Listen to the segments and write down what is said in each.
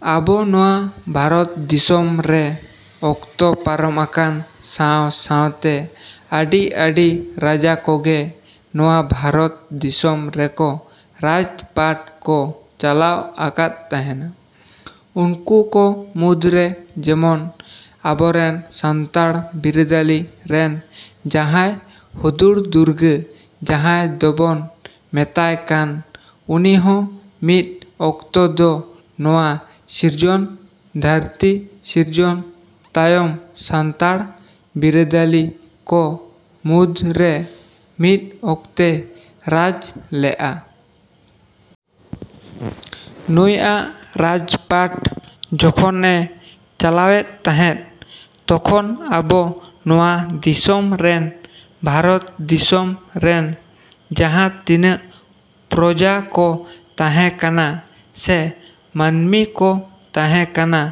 ᱟᱵᱚ ᱱᱚᱣᱟ ᱵᱷᱟᱨᱚᱛ ᱫᱤᱥᱚᱢ ᱨᱮ ᱚᱠᱛᱚ ᱯᱟᱨᱚᱢᱟᱠᱟᱱ ᱥᱟᱶ ᱥᱟᱶᱛᱮ ᱟᱹᱰᱤ ᱟᱹᱰᱤ ᱨᱟᱡᱟ ᱠᱚᱜᱮ ᱱᱚᱣᱟ ᱵᱷᱟᱨᱚᱛ ᱫᱤᱥᱚᱢ ᱨᱮᱠᱚ ᱨᱟᱡᱽ ᱯᱟᱴ ᱠᱚ ᱪᱟᱞᱟᱣ ᱟᱠᱟᱫ ᱛᱟᱦᱮᱸᱱᱟ᱾ ᱩᱱᱠᱩ ᱠᱚ ᱢᱩᱫᱽᱨᱮ ᱡᱮᱢᱚᱱ ᱟᱵᱚᱨᱮᱱ ᱥᱟᱱᱛᱟᱲ ᱵᱤᱨᱟᱹᱫᱟᱹᱞᱤ ᱨᱮᱱ ᱡᱟᱦᱟᱸᱭ ᱦᱩᱫᱩᱲ ᱫᱩᱨᱜᱟᱹ ᱡᱟᱦᱟᱸᱭ ᱫᱚᱵᱚᱱ ᱢᱮᱛᱟᱭ ᱠᱟᱱ, ᱩᱱᱤᱦᱚᱸ ᱢᱤᱫ ᱚᱠᱛᱚ ᱫᱚ ᱱᱚᱣᱟ ᱥᱤᱨᱡᱚᱱ ᱫᱷᱟᱹᱨᱛᱤ ᱥᱤᱨᱡᱚᱱ ᱛᱟᱭᱚᱢ ᱥᱟᱱᱛᱟᱲ ᱵᱤᱨᱟᱹᱫᱟᱹᱞᱤ ᱠᱚ ᱢᱩᱫᱽᱨᱮ ᱢᱤᱫ ᱚᱠᱛᱚᱭ ᱨᱟᱡᱽ ᱞᱮᱜᱼᱟ᱾ ᱱᱩᱭᱟᱜ ᱨᱟᱡᱽ ᱯᱟᱴ ᱡᱚᱠᱷᱚᱱᱮ ᱪᱟᱞᱟᱣᱮᱫ ᱛᱟᱦᱮᱸᱫ, ᱛᱚᱠᱷᱚᱱ ᱟᱵᱚ ᱱᱚᱣᱟ ᱫᱤᱥᱚᱢ ᱨᱮᱱ, ᱵᱷᱟᱨᱚᱛ ᱫᱤᱥᱚᱢ ᱨᱮᱱ ᱡᱟᱦᱟᱸ ᱛᱤᱱᱟᱹᱜ ᱯᱨᱚᱡᱟ ᱠᱚ ᱛᱟᱦᱮᱸ ᱠᱟᱱᱟ ᱥᱮ ᱢᱟᱹᱱᱢᱤ ᱠᱚ ᱛᱟᱦᱮᱸ ᱠᱟᱱᱟ,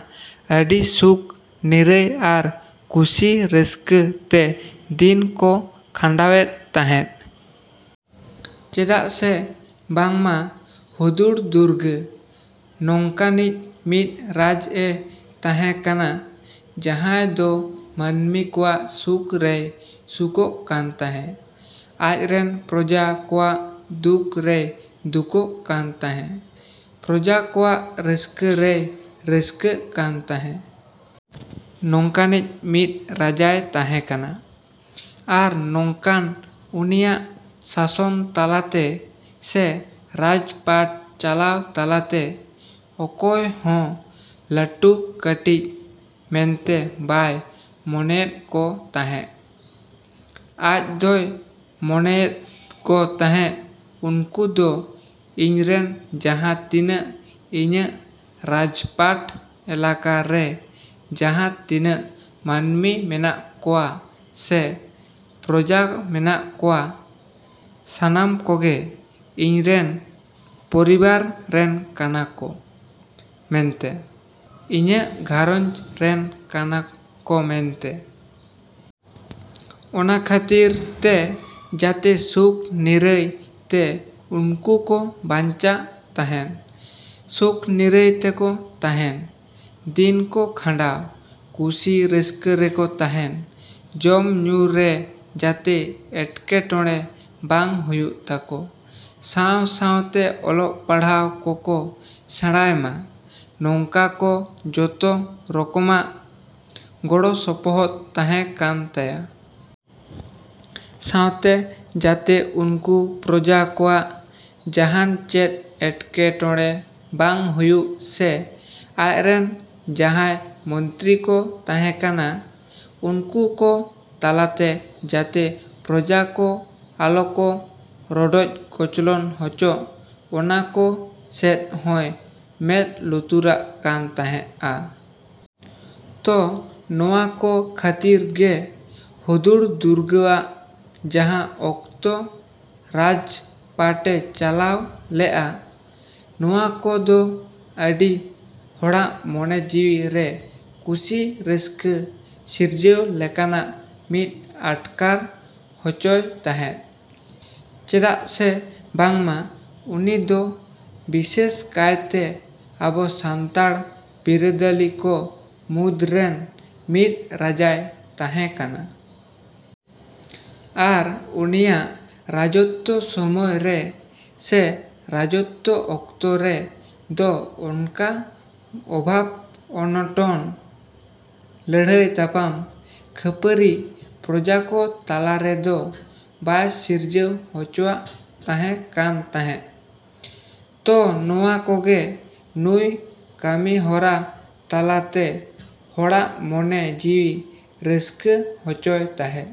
ᱟᱹᱰᱤ ᱥᱩᱠ ᱱᱤᱨᱟᱹᱭ ᱟᱨ ᱠᱩᱥᱤ ᱨᱟᱹᱥᱠᱟᱹ ᱛᱮ ᱫᱤᱱ ᱠᱚ ᱠᱷᱟᱸᱰᱟᱣᱮᱫ ᱛᱟᱦᱮᱫ᱾ ᱪᱮᱫᱟᱜ ᱥᱮ ᱵᱟᱝᱢᱟ ᱦᱩᱫᱩᱲ ᱫᱩᱨᱜᱟᱹ ᱱᱚᱝᱠᱟᱱᱤᱡ ᱢᱤᱫ ᱨᱟᱡ ᱮ ᱛᱟᱦᱮᱸ ᱠᱟᱱᱟ ᱡᱟᱦᱟᱸᱭ ᱫᱚ ᱢᱟᱹᱱᱢᱤ ᱠᱚᱣᱟᱜ ᱥᱩᱠ ᱨᱮᱭ ᱥᱩᱠᱚᱜ ᱠᱟᱱ ᱛᱟᱦᱮᱸ, ᱟᱡᱽᱨᱮᱱ ᱯᱨᱚᱡᱟ ᱠᱚᱣᱟᱜ ᱫᱩᱠ ᱨᱮᱭ ᱫᱩᱠᱚᱜ ᱠᱟᱱ ᱛᱟᱦᱮᱸ, ᱯᱨᱚᱡᱟ ᱠᱚᱣᱟᱜ ᱨᱟᱹᱥᱠᱟᱹ ᱨᱮᱭ ᱨᱟᱹᱥᱠᱟᱹᱜ ᱠᱟᱱ ᱛᱟᱦᱮᱸ᱾ ᱱᱚᱝᱠᱟᱱᱤᱡ ᱢᱤᱫ ᱨᱟᱡᱟᱭ ᱛᱟᱦᱮᱸ ᱠᱟᱱᱟ ᱟᱨ ᱱᱚᱝᱠᱟ ᱩᱱᱤᱭᱟᱜ ᱥᱟᱥᱚᱱ ᱛᱟᱞᱟᱛᱮ ᱥᱮ ᱨᱟᱡᱽ ᱯᱟᱴ ᱪᱟᱞᱟᱣ ᱛᱟᱞᱟᱛᱮ ᱚᱠᱚᱭ ᱦᱚᱸ ᱞᱟᱹᱴᱩ ᱠᱟᱹᱴᱤᱡ ᱢᱮᱱᱛᱮ ᱵᱟᱭ ᱢᱚᱱᱮᱭᱮᱫ ᱠᱚ ᱛᱟᱦᱮᱜ᱾ ᱟᱡᱫᱚᱭ ᱢᱚᱱᱮᱭᱮᱫ ᱠᱚ ᱛᱟᱦᱮᱸᱜ ᱱᱩᱠᱩ ᱫᱚ ᱤᱧᱨᱮᱱ ᱡᱟᱦᱟᱸ ᱛᱤᱱᱟᱹᱜ ᱤᱧᱟᱹᱜ ᱨᱟᱡᱽᱯᱟᱴᱷ ᱮᱞᱟᱠᱟ ᱨᱮ ᱡᱟᱦᱟᱸ ᱛᱤᱱᱟᱹᱜ ᱢᱟᱹᱱᱢᱤ ᱢᱮᱱᱟᱜ ᱠᱚᱣᱟ ᱥᱮ ᱯᱨᱚᱡᱟ ᱢᱮᱱᱟᱜ ᱠᱚᱣᱟ, ᱥᱟᱱᱟᱢ ᱠᱚᱜᱮ ᱤᱧᱨᱮᱱ ᱯᱚᱨᱤᱵᱟᱨ ᱨᱮᱱ ᱠᱟᱱᱟ ᱠᱚ ᱢᱮᱱᱛᱮ, ᱤᱧᱟᱹᱜ ᱜᱷᱟᱨᱚᱧᱡᱽ ᱨᱮᱱ ᱠᱟᱱᱟ ᱠᱚ ᱢᱮᱱᱛᱮ᱾ ᱚᱱᱟ ᱠᱷᱟᱹᱛᱤᱨ ᱛᱮ ᱡᱟᱛᱮ ᱥᱩᱠ ᱱᱤᱨᱟᱹᱭ ᱛᱮ ᱩᱱᱠᱩ ᱠᱚ ᱵᱟᱸᱧᱪᱟᱜ ᱛᱟᱦᱮᱸᱱ, ᱥᱩᱠ ᱱᱤᱨᱟᱹᱭ ᱛᱮᱠᱚ ᱛᱟᱦᱮᱱ, ᱫᱤᱱ ᱠᱚ ᱠᱷᱟᱸᱰᱟᱣ, ᱠᱩᱥᱤ ᱨᱟᱹᱥᱠᱟᱹ ᱨᱮᱠᱚ ᱛᱟᱦᱮᱱ, ᱡᱚᱢ ᱧᱩ ᱨᱮ ᱡᱟᱛᱮ ᱮᱴᱠᱮ ᱴᱚᱬᱮ ᱵᱟᱝ ᱦᱩᱭᱩᱜ ᱛᱟᱠᱚ, ᱥᱟᱶ ᱥᱟᱶᱛᱮ ᱚᱞᱚᱜ ᱯᱟᱲᱦᱟᱣ ᱠᱚᱠᱚ ᱥᱮᱬᱟᱭᱢᱟ, ᱱᱚᱝᱠᱟ ᱠᱚ ᱡᱚᱛᱚ ᱨᱚᱠᱚᱢᱟᱜ ᱜᱚᱲᱚ ᱥᱚᱯᱚᱦᱚᱫ ᱛᱟᱦᱮᱸ ᱠᱟᱱ ᱛᱟᱭᱟ᱾ ᱥᱟᱶᱛᱮ ᱡᱟᱛᱮ ᱩᱱᱠᱩ ᱯᱨᱚᱡᱟ ᱠᱚᱣᱟᱜ ᱡᱟᱦᱟᱱ ᱪᱮᱫ ᱮᱴᱠᱮ ᱴᱚᱬᱮ ᱵᱟᱝ ᱦᱩᱭᱩᱜ ᱥᱮ ᱟᱡᱨᱮᱱ ᱡᱟᱦᱟᱭ ᱢᱚᱱᱛᱨᱤ ᱠᱚ ᱛᱟᱦᱮᱸ ᱠᱟᱱᱟ, ᱩᱱᱠᱩ ᱠᱚ ᱛᱟᱞᱟᱛᱮ ᱡᱟᱛᱮ ᱯᱨᱚᱡᱟ ᱠᱚ ᱟᱞᱚ ᱠᱚ ᱨᱚᱰᱚᱡᱽ ᱠᱚᱪᱞᱚᱱ ᱦᱚᱪᱚᱜ, ᱚᱱᱟ ᱠᱚ ᱥᱮᱫ ᱦᱚᱸᱭ ᱢᱮᱸᱫ ᱞᱩᱛᱩᱨᱟᱜ ᱠᱟᱱ ᱛᱟᱦᱮᱜᱼᱟ᱾ ᱛᱚ ᱱᱚᱣᱟ ᱠᱚ ᱠᱷᱟᱹᱛᱤᱨ ᱜᱮ ᱦᱩᱫᱩᱲ ᱫᱩᱨᱜᱟᱹᱣᱟᱜ ᱡᱟᱦᱟᱸ ᱚᱠᱛᱚ ᱨᱟᱡᱽ ᱯᱟᱴᱮ ᱪᱟᱞᱟᱣ ᱞᱮᱜᱼᱟ, ᱱᱚᱣᱟ ᱠᱚ ᱫᱚ ᱟᱹᱰᱤ ᱦᱚᱲᱟᱜ ᱢᱚᱱᱮ ᱡᱤᱣᱤ ᱨᱮ ᱠᱩᱥᱤ ᱨᱟᱹᱥᱠᱟᱹ ᱥᱤᱨᱡᱟᱹᱣ ᱞᱮᱠᱟᱱᱟᱜ ᱢᱤᱫ ᱟᱴᱠᱟᱨ ᱦᱚᱪᱚᱭ ᱛᱟᱦᱮᱫ᱾ ᱪᱮᱫᱟᱜ ᱥᱮ ᱵᱟᱝᱢᱟ ᱩᱱᱤ ᱫᱚ ᱵᱤᱥᱮᱥ ᱠᱟᱭᱛᱮ ᱟᱵᱚ ᱥᱟᱱᱛᱟᱲ ᱵᱤᱨᱟᱹᱫᱟᱞᱤ ᱠᱚ ᱢᱩᱫᱽᱨᱮᱱ ᱢᱤᱫ ᱨᱟᱡᱟᱭ ᱛᱟᱦᱮᱸ ᱠᱟᱱᱟ᱾ ᱟᱨ ᱩᱱᱤᱭᱟᱜ ᱨᱟᱡᱚᱛᱛᱚ ᱥᱚᱢᱚᱭ ᱨᱮ, ᱥᱮ ᱨᱟᱡᱚᱛᱛᱚ ᱚᱠᱛᱚ ᱨᱮ ᱫᱚ ᱚᱱᱠᱟ ᱚᱵᱷᱟᱵ ᱚᱱᱚᱴᱚᱱ, ᱞᱟᱹᱲᱦᱟᱹᱭ ᱛᱟᱯᱟᱢ, ᱠᱟᱯᱷᱟᱹᱨᱤ ᱯᱨᱚᱡᱟ ᱠᱚ ᱛᱟᱞᱟᱨᱮ ᱫᱚ ᱵᱟᱭ ᱥᱤᱨᱡᱟᱹᱣ ᱦᱚᱪᱚᱣᱼᱟᱜ ᱛᱟᱦᱮᱸ ᱠᱟᱱ ᱛᱟᱦᱮᱜ᱾ ᱛᱚ ᱱᱚᱣᱟ ᱠᱚᱜᱮ ᱱᱩᱭ ᱠᱟᱢᱤ ᱦᱚᱨᱟ ᱛᱟᱞᱟ ᱛᱮ ᱦᱚᱲᱟᱜ ᱢᱚᱱᱮ ᱡᱤᱣᱤ ᱨᱟᱹᱥᱠᱟᱹ ᱦᱚᱪᱚᱭ ᱛᱟᱦᱮᱫ᱾